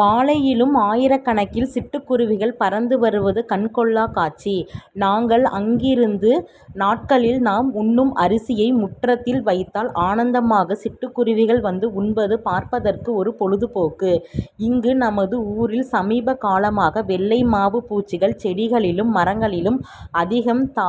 மாலையிலும் ஆயிரக்கணக்கில் சிட்டுக்குருவிகள் பறந்து வருவது கண் கொள்ளா காட்சி. நாங்கள் அங்கிருந்த நாட்களில் நாம் உண்ணும் அரிசியை முற்றத்தில் வைத்தால் ஆனந்தமாக சிட்டுக் குருவிகள் வந்து உண்பது பார்ப்பதற்கு ஒரு பொழுதுபோக்கு. இங்கு நமது ஊரில் சமீப காலமாக வெள்ளை மாவு பூச்சிகள் செடிகளிலும் மரங்களிலும் அதிகம் தா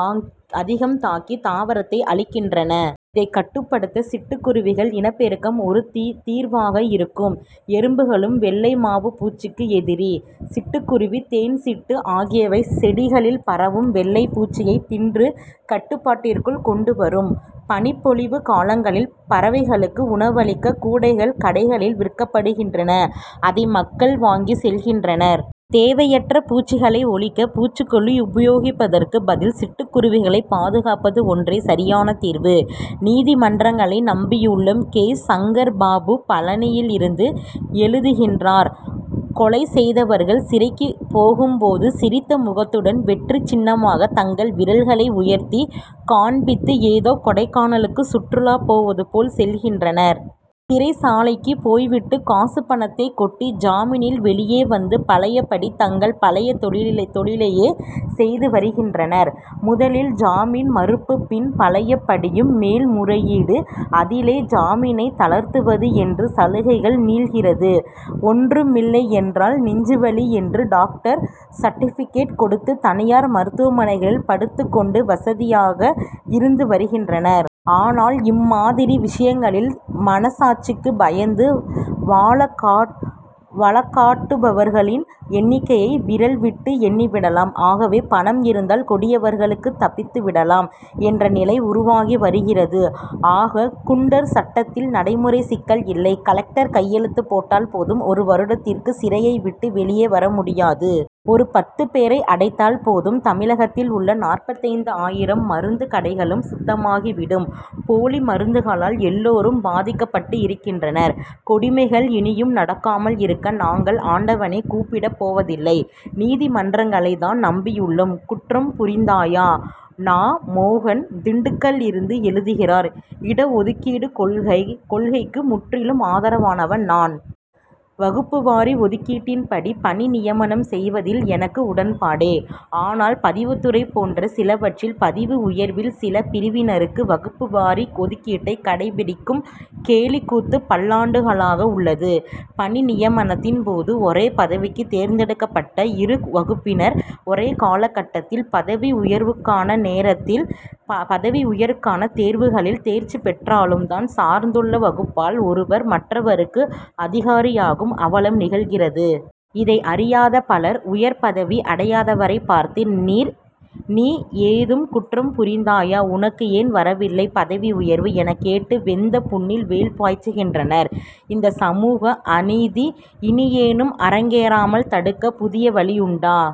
அதிகம் தாக்கி தாவரத்தை அழிக்கின்றன. இதை கட்டுப்படுத்த சிட்டுக்குருவிகள் இனப்பெருக்கம் ஒரு தீர்வாக இருக்கும். எறும்புகளும் வெள்ளை மாவு பூச்சிக்கு எதிரி. சிட்டுக்குருவி தேன் சிட்டு ஆகியவை செடிகளில் பரவும் வெள்ளை பூச்சியை தின்று கட்டுப்பாட்டிற்குள் கொண்டு வரும். பனிப்பொழிவு காலங்களில் பறவைகளுக்கு உணவளிக்க கூடைகள் கடைகளில் விற்கப்படுகின்றன. அதை மக்கள் வாங்கி செல்கின்றனர். தேவையற்ற பூச்சிகளை ஒழிக்க பூச்சிக்கொல்லி உபயோகிப்பதற்கு பதில் சிட்டுக் குருவிகளை பாதுகாப்பது ஒன்றே சரியான தீர்வு. நீதிமன்றங்களை நம்பியுள்ளோம்! கே. சங்கர்பாபு பழனியிலிருந்து எழுதுகிறார் கொலை செய்தவர்கள் சிறைக்கு போகும் போது, சிரித்த முகத்துடன் வெற்றிச் சின்னமாக தங்கள் விரல்களை உயர்த்தி காண்பித்து ஏதோ கொடைக்கானலுக்கு சுற்றுலா போவது போல் செல்கின்றனர். சிறைச்சாலைக்கு போய்விட்டு காசு பணத்தை கொட்டி ஜாமீனில் வெளியே வந்து பழைய படி தங்கள் பழைய தொழி தொழிலையே செய்து வருகின்றனர். முதலில் ஜாமீன் மறுப்பு பின் பழைய படியும் மேல்முறையீடு. அதிலே ஜாமீனை தளர்த்துவது என்று சலுகைகள் நீள்கிறது. ஒன்றுமில்லையென்றால் நெஞ்சுவலி என்று டாக்டர் சர்டிபிகேட் கொடுத்து தனியார் மருத்துவமனைகளில் படுத்துக் கொண்டு வசதியாக இருந்து வருகின்றனர். ஆனால் இம்மாதிரி விஷயங்களில் மன சாட்சிக்கு பயந்து வாழ கா வழக்காடுபவர்களின் எண்ணிக்கையை விரல் விட்டு எண்ணிவிடலாம். ஆகவே பணம் இருந்தால் கொடியவர்களும் தப்பித்து விடலாம் என்ற நிலை உருவாகி வருகிறது. ஆக குண்டர் சட்டத்தில் நடைமுறை சிக்கல் இல்லை. கலெக்டர் கையெழுத்து போட்டால் போதும் ஒரு வருடத்திற்கு சிறையை விட்டு வெளியே வர முடியாது. ஒரு பத்து பேரை அடைத்தால் போதும் தமிழகத்தில் உள்ள நாற்பத்தைந்து ஆயிரம் மருந்து கடைகளும் சுத்தமாகிவிடும். போலி மருந்துகளால் எல்லோரும் பாதிக்கப்பட்டிருக்கின்றனர். கொடுமைகள் இனியும் நடக்காமல் இருக்க நாங்கள் ஆண்டவனை கூப்பிடப் போவதில்லை. நீதிமன்றங்களை தான் நம்பியுள்ளோம். குற்றம்புரிந்தாயா? நா. மோகன் திண்டுக்கலிலிருந்து எழுதுகிறார் இடஒதுக்கீடுக் கொள்கைக்கு முற்றிலும் ஆதரவானவன் நான். வகுப்பு வாரி ஒதுக்கீட்டின் படி பணி நியமனம் செய்வதில் எனக்கு உடன்பாடே. ஆனால் பதிவுத்துறை போன்ற சிலவற்றில் பதவி உயர்வில் சில பிரிவினருக்கு வகுப்பு வாரி ஒதுக்கீட்டைக் கடைபிடிக்கும் கேலிக் கூத்து பல்லாண்டுகளாக உள்ளது. பணி நியமனத்தின் போது ஒரே பதவிக்குத் தேர்ந்தெடுக்கப்பட்ட இரு வகுப்பினர் ஒரே கால கட் டத்தில் பதவி உயர்வுக்கு நேரத்தில் பதவி உயர்வுக்கான தேர்வுகளில் தேர்ச்சி பெற்றாலும் தான் சார்ந்துள்ள வகுப்பால் ஒருவர் மற்றவருக்கு அதிகாரியாகும் அவலம் நிகழ்கிறது. இதை அறியாத பலர் உயர் பதவி அடையாதவரைப் பார்த்து நீர் நீ ஏதும் குற்றம் புரிந்தாயா? உனக்கு ஏன் வரவில்லை பதவி உயர்வு? எனக் கேட்டு வெந்த புண்ணில் வேல் பாய்ச்சுகின்றனர். இந்தச் சமூக அநீதி இனியேனும் அரங்கேறாமல் தடுக்க புதிய வழியுண்டா?